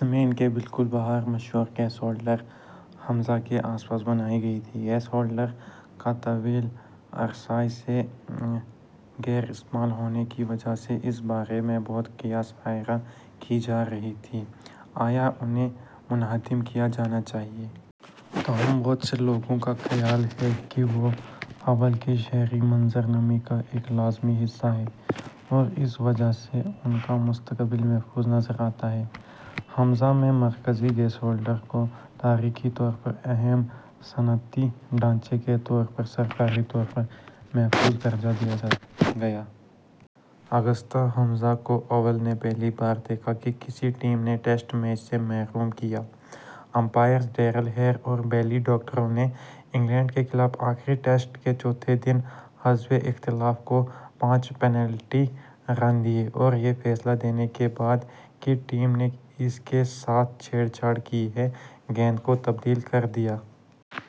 زمین کے بالکل باہر مشہور گیشولڈرز ء کے آس پاس بنائے گئے تھے۔ گیش ہولڈرز کے طویل عرصے سے غیر استعمال ہونے کی وجہ سے، اس بارے میں بہت قیاس آرائیاں کی جا رہی تھیں کہ آیا انھیں منہدم کیا جانا چاہیے۔ تاہم، بہت سے لوگوں کا خیال ہے کہ وہ اوول کے شہری منظر نامے کا ایک لازمی حصہ ہیں اور اس وجہ سے، ان کا مستقبل محفوظ نظر آتا ہے۔ ء میں مرکزی گیشولڈر کو تاریخی طور پر اہم صنعتی ڈھانچے کے طور پر سرکاری طور پر محفوظ درجہ دیا گیا۔ اگست ء کو، اوول نے پہلی بار دیکھا کہ کسی ٹیم نے ٹیسٹ میچ سے محروم کیا۔ امپائرز ڈیرل ہیئر اور بلی ڈاکٹرروو نے انگلینڈ کے خلاف آخری ٹیسٹ کے چوتھے دن حزب اختلاف کو پانچ پنالٹی رن دیے اور یہ فیصلہ دینے کے بعد کہ ٹیم نے اس کے ساتھ چھیڑ چھاڑ کی ہے، گیند کو تبدیل کر دیا۔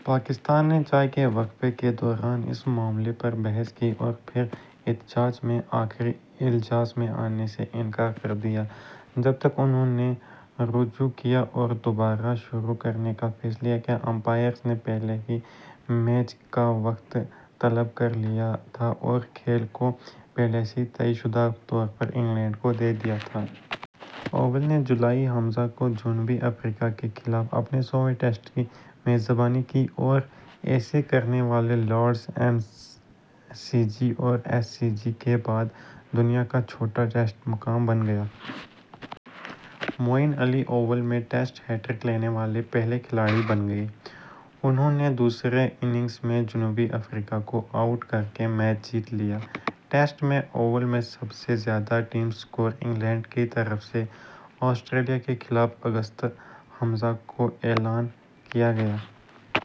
پاکستان نے چائے کے وقفے کے دوران اس معاملے پر بحث کی اور پھر احتجاج میں آخری اجلاس میں آنے سے انکار کر دیا۔ جب تک انھوں نے رجوع کیا اور دوبارہ شروع کرنے کا فیصلہ کیا، امپائرز نے پہلے ہی میچ کا وقت طلب کر لیا تھا اور کھیل کو پہلے سے طے شدہ طور پر انگلینڈ کو دے دیا تھا۔ اوول نے جولائی ء کو جنوبی افریقہ کے خلاف اپنے سوویں ٹیسٹ کی میزبانی کی اور ایسا کرنے والا لارڈز، ایم سی جی اور ایس سی جی کے بعد دنیا کا چوتھا ٹیسٹ مقام بن گیا۔ معین علی اوول میں ٹیسٹ ہیٹ ٹرک لینے والے پہلے کھلاڑی بھی بن گئے، انھوں نے دوسری اننگز میں جنوبی افریقہ کو آؤٹ کر کے میچ جیت لیا۔ ٹیسٹ میں، اوول میں سب سے زیادہ ٹیم سکور / انگلینڈ کی طرف سے آسٹریلیا کے خلاف اگست ء کو اعلان کیا گیا۔